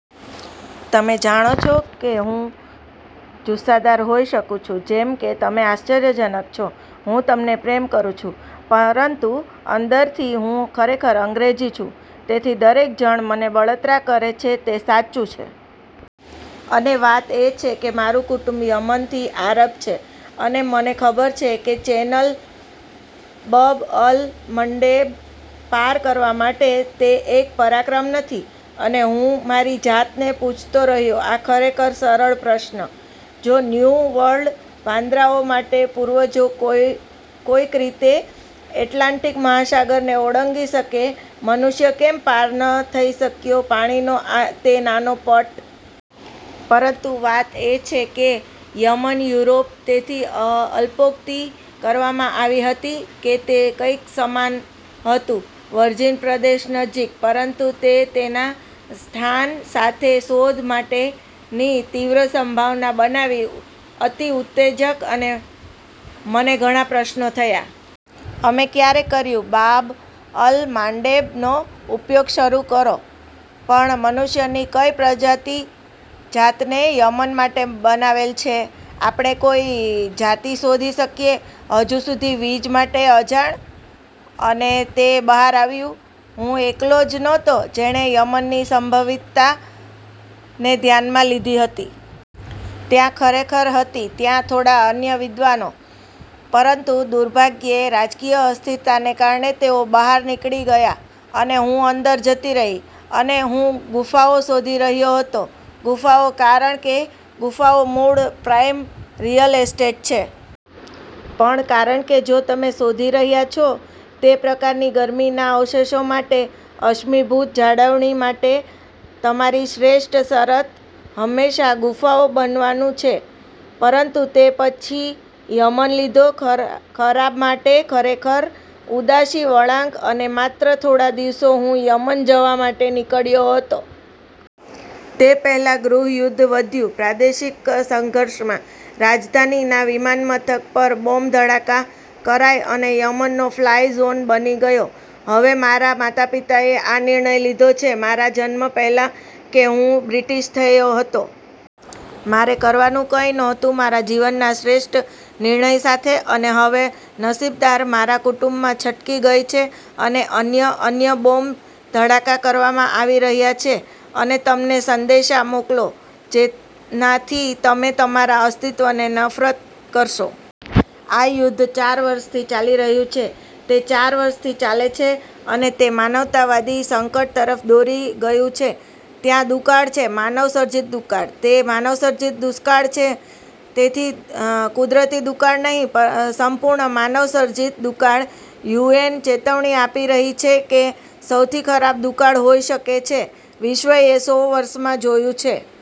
તમે જાણો છો હું જુસ્સાદાર હોઈ શકું છું. જેમ કે, "તમે આશ્ચર્યજનક છો. હું તમને પ્રેમ કરું છું." પરંતુ અંદરથી હું ખરેખર અંગ્રેજી છું. તેથી દરેક જણ મને બળતરા કરે છે તે સાચું છે. અને વાત એ છે કે મારું કુટુંબ યમનથી આરબ છે અને મને ખબર છે કે જે ચેનલ બબ-અલ-મંડેબ પાર કરવા માટે તે એક પરાક્રમ નથી. અને હું મારી જાતને પૂછતો રહ્યો આ ખરેખર સરળ પ્રશ્ન, "જો ન્યૂ વર્લ્ડ વાંદરાઓ માટે પૂર્વજો કોઈક રીતે એટલાન્ટિક મહાસાગરને ઓળંગી શકે, મનુષ્ય કેમ પાર ન થઈ શક્યો પાણીનો તે નાનો પટ?" પરંતુ વાત એ છે કે યમન, યુરોપ તેથી અલ્પોક્તિ કરવામાં આવી હતી કે તે કંઈક સમાન હતું વર્જિન પ્રદેશ નજીક. પરંતુ તે તેના સ્થાન સાથે શોધ માટેની તીવ્ર સંભાવના બનાવી અતિ ઉતેજક અને મને ઘણા પ્રશ્નો થયા. અમે ક્યારે કર્યું? બાબ-અલ-માંડેબનો ઉપયોગ શરૂ કરો? પણ, મનુષ્યની કઈ પ્રજાતિ જાતને યમન માટે બનાવેલ છે? આપણે કોઈ જાતિ શોધી શકીએ હજુ સુધી વિજ્ માટે અજાણ? અને તે બહાર આવ્યું. હું એકલો જ નહોતો જેણે યમનની સંભવિતતાને ધ્યાનમાં લીધી હતી. ત્યાં ખરેખર હતી ત્યાં થોડા અન્ય વિદ્વાનો. પરંતુ દુર્ભાગ્યે, રાજકીય અસ્થિરતાને કારણે તેઓ બહાર નીકળી ગયા અને હું અંદર જતી રહી. અને હું ગુફાઓ શોધી રહ્યો હતો. ગુફાઓ કારણ કે ગુફાઓ મૂળ પ્રાઇમ રીઅલ એસ્ટેટ છે. પણ કારણ કે જો તમે શોધી રહ્યા છો તે પ્રકારની ગરમીમાં અવશેષો માટે, અશ્મિભૂત જાળવણી માટે તમારી શ્રેષ્ઠ શરત હંમેશા ગુફાઓ બનવાનું છે. પરંતુ તે પછી યમન લીધો ખરાબ માટે ખરેખર ઉદાસી વળાંક અને માત્ર થોડા દિવસો હું યમન જવા માટે નીકળ્યો હતો. તે પહેલાં ગૃહ યુદ્ધ વધ્યું પ્રાદેશિક સંઘર્ષમાં, રાજધાનીના વિમાનમથક પર બોમ્બ ધડાકા કરાઈ અને યમન નો ફ્લાય ઝોન બની ગયો. હવે, મારા માતાપિતાએ આ નિર્ણય લીધો છે મારા જન્મ પહેલાં કે હું બ્રિટીશ થયો હતો. મારે કરવાનું કંઈ નહોતું મારા જીવનના શ્રેષ્ઠ નિર્ણય સાથે. અને હવે, નસીબદાર મારા કુટુંબમાં છટકી ગઈ છે અને અન્ય અન્ય બોમ્બ ધડાકા કરવામાં આવી રહ્યા છે અને તમને સંદેશા મોકલો જેનાથી તમે તમારા અસ્તિત્વને નફરત કરશો. આ યુદ્ધ ચાર વર્ષથી ચાલી રહ્યું છે. તે ચાર વર્ષથી ચાલે છે અને તે માનવતાવાદી સંકટ તરફ દોરી ગયું છે. ત્યાં દુકાળ છે, માનવસર્જિત દુકાળ. તે માનવસર્જિત દુષ્કાળ છે. તેથી કુદરતી દુકાળ નહીં, સંપૂર્ણ માનવસર્જિત દુકાળ યુએન ચેતવણી આપી રહી છે કે સૌથી ખરાબ દુકાળ હોઈ શકે છે વિશ્વએ સો વર્ષમાં જોયું છે.